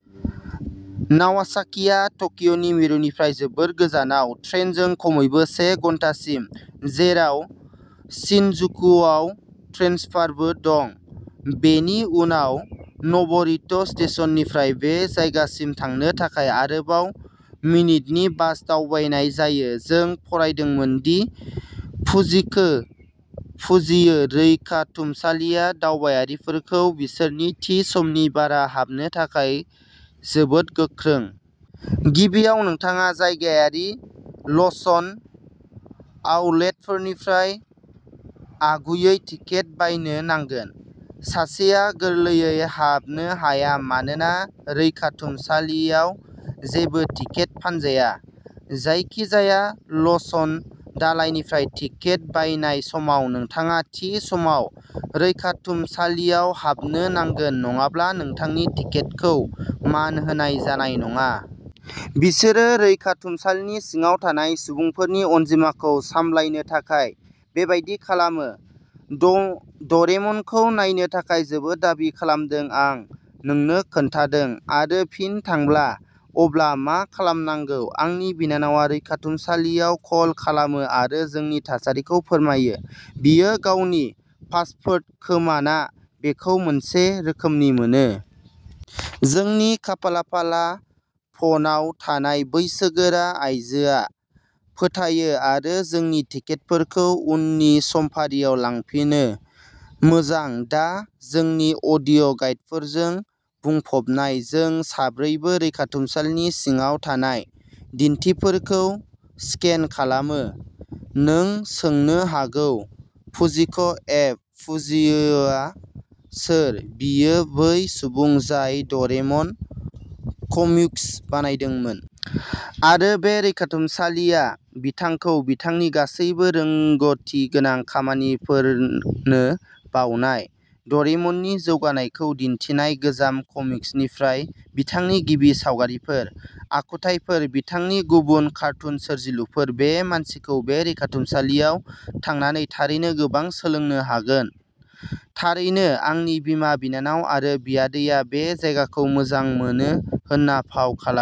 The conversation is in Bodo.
कावासाकिआ टकिय'नि मिरुनिफ्राय जोबोद गोजानाव, ट्रेनजों खमैबो से घन्टासिम, जेराव शिनजुकुआव ट्रेन्सफारबो दं। बेनि उनाव नब'रिट'स्टेशननिफ्राय, बे जायगासिम थांनो थाखाय आरोबाव मिनिटनि बास दावबायनाय जायो। जों फरायदोंमोन दि फुजिको फुजियो रैखाथुमसालिया दावबायारिफोरखौ बिसोरनि थि समनि बारा हाबनो थाखाय जोबोद गोख्रों। गिबियाव, नोंथाङा जायगायारि ल'सन आउटलेटनिफ्राय आगुयै टिकेट बायनो नांगोन। सासेआ गोरलैयै हाबनो हाया मानोना रैखाथुमसालियाव जेबो टिकेट फानजाया। जायखिजाया ल'सन दालायनिफ्राय टिकेट बायनाय समाव, नोंथाङा थि समाव रैखाथुमसालियाव हाबनो नांगोन नङाब्ला नोंथांनि टिकेटखौ मान होनाय जानाय नङा। बिसोरो रैखाथुमसालिनि सिङाव थानाय सुबुंफोरनि अनजिमाखौ सामलायनो थाखाय बेबादि खालामो। ड'रेमनखौ नायनो थाखाय जोबोद दाबि खालामदों आं नोंनो खोन्थादों! आरो फिन थांब्ला, अब्ला मा खालामनांगौ? आंनि बिनानावआ रैखाथुमसालियाव कल खालामो आरो जोंनि थासारिखौ फोरमायो, बियो गावनि पासपोर्ट खोमाना बेखौ मोनसे रोखोमनि मोनो। जोंनि खाफालाफाला फ'नाव थानाय बैसोगोरा आइजोआ फोथायो आरो जोंनि टिकेटफोरखौ उननि समफारियाव लांफिनो। मोजां! दा जोंनि अडिअ'गाइडफोरजों बुंफबनाय, जों साब्रैबो रैखाथुमसालिनि सिङाव थानाय दिन्थिफोरखौ स्केन खालामो। नों सोंनो हागौ फुजिक'एफ. फुजियोआ सोर। बियो बै सुबुं जाय ड'रेमन कमिक्स बानायदोंमोन! आरो बे रैखाथुमसालिया बिथांखौ, बिथांनि गासैबो रोंग'थिगोनां खामानिफोरनो बावनाय। ड'रेमननि जौगानायखौ दिन्थिनाय गोजाम कमिक्सनिफ्राय, बिथांनि गिबि सावगारिफोर, आखुथायफोर, बिथांनि गुबुन कार्टुन सोरजिलुफोर, बे मानसिखौ बे रैखाथुमसालियाव थांनानै थारैनो गोबां सोलोंनो हागोन। थारैनो, आंनि बिमा, बिनानाव आरो बियादैआ बे जायगाखौ मोजां मोनो होनना फाव खालामो।